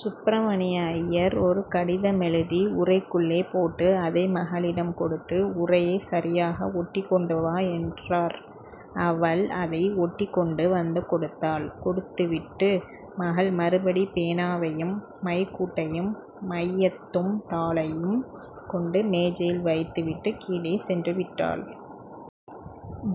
சுப்பிரமணிய அய்யர் ஒரு கடிதமெழுதி உறைக்குள்ளே போட்டு, அதை மகளிடம் கொடுத்து ''உறையை சரியாக ஒட்டிக் கொண்டு வா'' என்றார். அவள் அதை ஒட்டிக் கொண்டு வந்து கொடுத்தாள். கொடுத்துவிட்டு, மகள் மறுபடி பேனாவையும், மைக்கூட்டையும் மையத்தும் தாளையும் கொண்டு மேஜையில் வைத்துவிட்டுக் கீழே சென்றுவிட்டாள்.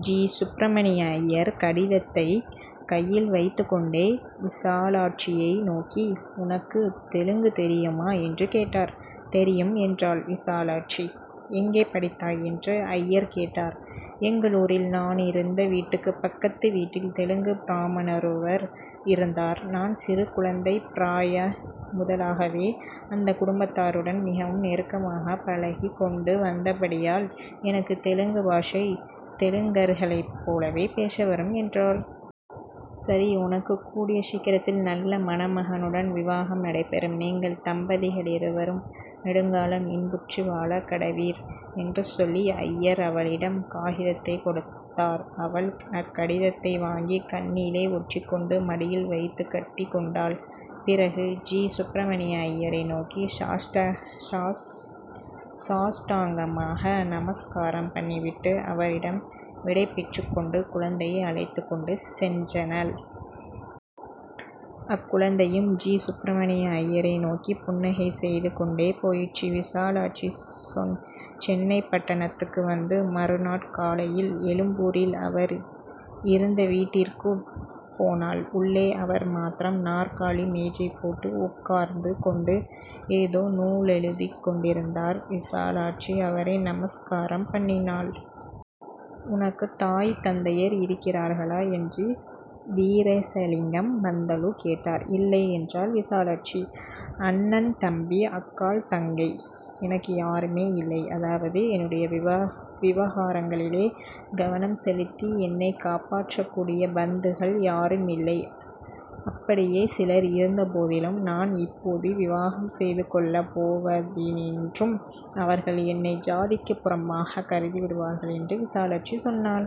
ஜீ. சுப்பிரமணிய அய்யர் கடிதத்தைக் கையில் வைத்துக் கொண்டே விசாலாட்சியை நோக்கி, ''உனக்குத் தெலுங்கு தெரியுமா? '' என்று கேட்டார். ''தெரியும்'' என்றாள் விசாலாட்சி. ''எங்கே படித்தாய்? '' என்று அய்யர் கேட்டார். ''எங்களூரில் நானிருந்த வீட்டுக்குப் பக்கத்து வீட்டில் தெலுங்குப் பிராமணரொருவர் இருந்தார். நான் சிறு குழந்தைப் பிராய முதலாகவே அந்தக் குடும்பத்தாருடன் மிகவும் நெருக்கமாக பழகிக் கொண்டு வந்தபடியால் எனக்குத் தெலுங்கு பாஷை தெலுங்கர்களைப் போலவே பேச வரும்'' என்றாள். ''சரி, உனக்குக் கூடிய சீக்கிரத்தில் நல்ல மணமகனுடன் விவாகம் நடைபெறும். நீங்கள் தம்பதிகளிருவரும் நெடுங்காலம் இன்புற்று வாழக் கடவீர்'' என்று சொல்லி, அய்யர் அவளிடம் காகிதத்தைக் கொடுத்தார். அவள் அக்கடித்தை வாங்கி கண்ணிலே ஒற்றிக்கொண்டு மடியில் வைத்துக் கட்டிக் கொண்டாள். பிறகு ஜீ. சுப்பிரமணிய அய்யரை நோக்கி சாஷ்டாங்கமாக நமஸ்காரம் பண்ணிவிட்டு, அவரிடம் விடை பெற்றுக் கொண்டு, குழந்தையை அழைத்துக் கொண்டு சென்றனள். அக்குழந்தையும் ஜீ. சுப்பிரமணிய அய்யரை நோக்கிப் புன்னகை செய்து கொண்டே போயிற்று. விசாலாட்சி சென்னைப்பட்டணத்துக்கு வந்து, மறுநாட் காலையில் எழும்பூரில் அவர் இருந்த வீட்டிற்குப் போனாள். உள்ளே அவர் மாத்திரம் நாற்காலி மேஜை போட்டு உட்கார்ந்து கொண்டு ஏதோ நூலெழுதிக் கொண்டிருந்தார். விசாலாட்சி அவரை நமஸ்காரம் பண்ணினாள். ''உனக்குத் தாய் தந்தையர் இருக்கிறார்களா? '' என்று வீரேசலிங்கம் பந்துலு கேட்டார். ''இல்லை'' என்றாள் விசாலாட்சி. ''அண்ணன், தம்பி, அக்காள், தங்கை-? '' ''எனக்கு யாருமே இல்லை. அதாவது, என்னுடைய விவகாரங்களிலே கவனம் செலுத்தி என்னைக் காப்பாற்றக்கூடிய பந்துக்கள் யாருமில்லை. அப்படியே சிலர் இருந்தபோதிலும், நான் இப்போது விவாகம் செய்துகொள்ளப் போவதினின்றும் அவர்கள் என்னை ஜாதிக்குப் புறம்பாகக் கருதி விடுவார்கள்'' என்று விசாலாட்சி சொன்னாள்.